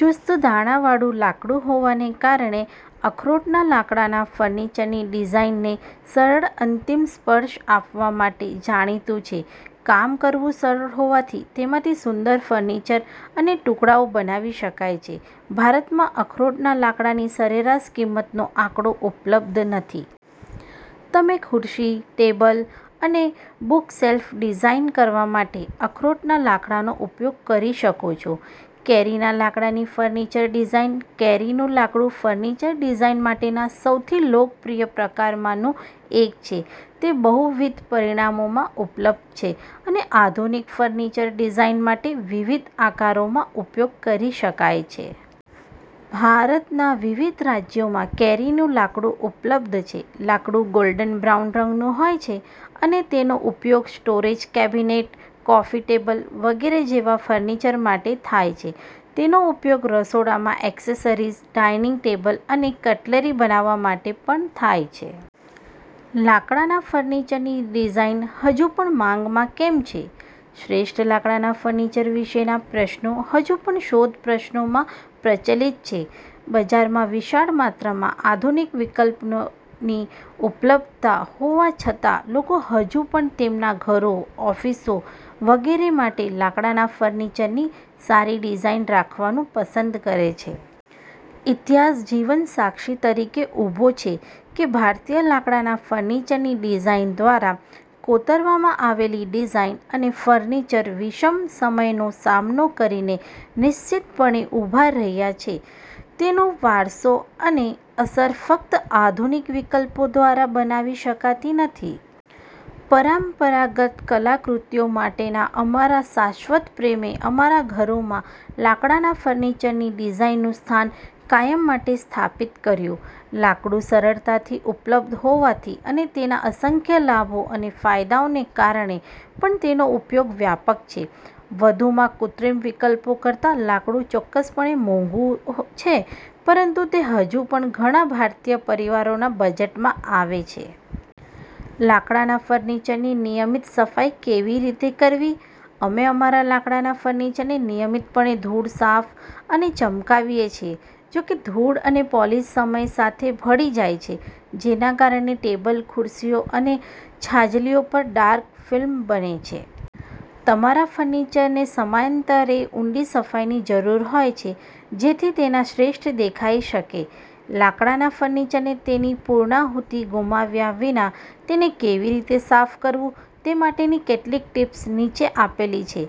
ચુસ્ત-દાણાવાળું લાકડું હોવાને કારણે, અખરોટના લાકડાના ફર્નિચરની ડિઝાઇનને સરળ અંતિમ સ્પર્શ આપવા માટે જાણીતું છે. કામ કરવું સરળ હોવાથી તેમાંથી સુંદર ફર્નિચર અને ટુકડાઓ બનાવી શકાય છે. ભારતમાં અખરોટના લાકડાની સરેરાશ કિંમત નો આંકડો ઉપલબ્ધ નથી. તમે ખુરશી, ટેબલ અને બુકશેલ્ફ ડિઝાઇન કરવા માટે અખરોટના લાકડાનો ઉપયોગ કરી શકો છો. કેરીના લાકડાની ફર્નિચર ડિઝાઇન. કેરીનું લાકડું ફર્નિચર ડિઝાઇન માટેના સૌથી લોકપ્રિય પ્રકારોમાંનું એક છે. તે બહુવિધ પરિમાણોમાં ઉપલબ્ધ છે અને આધુનિક ફર્નિચર ડિઝાઇન માટે વિવિધ આકારોમાં ઉપયોગ કરી શકાય છે. ભારતના વિવિધ રાજ્યોમાં કેરીનું લાકડું ઉપલબ્ધ છે. લાકડું ગોલ્ડન બ્રાઉન રંગનું હોય છે અને તેનો ઉપયોગ સ્ટોરેજ કેબિનેટ, કોફી ટેબલ વગેરે જેવા ફર્નિચર બનાવવા માટે થાય છે. તેનો ઉપયોગ રસોડામાં એક્સેસરીઝ, ડાઇનિંગ ટેબલ અને કટલરી બનાવવા માટે પણ થાય છે. લાકડાના ફર્નિચરની ડિઝાઇન હજુ પણ માંગમાં કેમ છે? શ્રેષ્ઠ લાકડાના ફર્નિચર વિશેના પ્રશ્નો હજુ પણ શોધ પ્રશ્નોમાં પ્રચલિત છે. બજારમાં વિશાળ માત્રામાં આધુનિક વિકલ્પોની ઉપલબ્ધતા હોવા છતાં, લોકો હજુ પણ તેમના ઘરો, ઓફિસો વગેરે માટે લાકડાના ફર્નિચરની સારી ડિઝાઇન રાખવાનું પસંદ કરે છે. ઈતિહાસ જીવંત સાક્ષી તરીકે ઊભો છે કે ભારતીય લાકડાના ફર્નિચરની ડિઝાઇન દ્વારા કોતરવામાં આવેલી ડિઝાઇન અને ફર્નિચર વિષમ સમયનો સામનો કરીને નિશ્ચિતપણે ઊભાં રહ્યાં છે. તેનો વારસો અને અસર ફક્ત આધુનિક વિકલ્પો દ્વારા બનાવી શકાતી નથી. પરંપરાગત કલાકૃતિઓ માટેના અમારા શાશ્વત પ્રેમે અમારા ઘરોમાં લાકડાના ફર્નિચરની ડિઝાઇનનું સ્થાન કાયમ માટે સ્થાપિત કર્યું. લાકડું સરળતાથી ઉપલબ્ધ હોવાથી અને તેના અસંખ્ય લાભો અને ફાયદાઓને કારણે પણ તેનો ઉપયોગ વ્યાપક છે. વધુમાં, કૃત્રિમ વિકલ્પો કરતાં લાકડું ચોક્કસપણે વધુ મોંઘું છે, પરંતુ તે હજુ પણ ઘણા ભારતીય પરિવારોના બજેટમાં આવે છે. લાકડાના ફર્નિચરની નિયમિત સફાઈ કેવી રીતે કરવી? અમે અમારા લાકડાના ફર્નિચરને નિયમિતપણે ધૂળ, સાફ અને ચમકાવીએ છીએ. જો કે, ધૂળ અને પોલિશ સમય સાથે ભળી જાય છે, જેના કારણે ટેબલ, ખુરશીઓ અને છાજલીઓ પર ડાર્ક ફિલ્મ બને છે. તમારા ફર્નિચરને સમયાંતરે ઊંડી સફાઈની જરૂર હોય છે જેથી તે તેના શ્રેષ્ઠ દેખાઈ શકે. લાકડાના ફર્નિચરને તેની પૂર્ણાહુતિ ગુમાવ્યા વિના તેને કેવી રીતે સાફ કરવું તે માટેની કેટલીક ટીપ્સ નીચે આપેલી છે.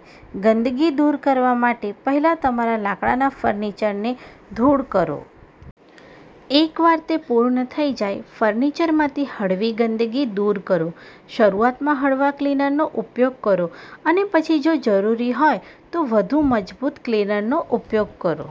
ગંદકી દૂર કરવા માટે પહેલા તમારા લાકડાના ફર્નિચરને ધૂળ કરો. એકવાર તે પૂર્ણ થઈ જાય, ફર્નિચરમાંથી હળવી ગંદકી દૂર કરો. શરૂઆતમાં હળવા ક્લીનરનો ઉપયોગ કરો અને પછી જો જરૂરી હોય તો વધુ મજબૂત ક્લીનરનો ઉપયોગ કરો.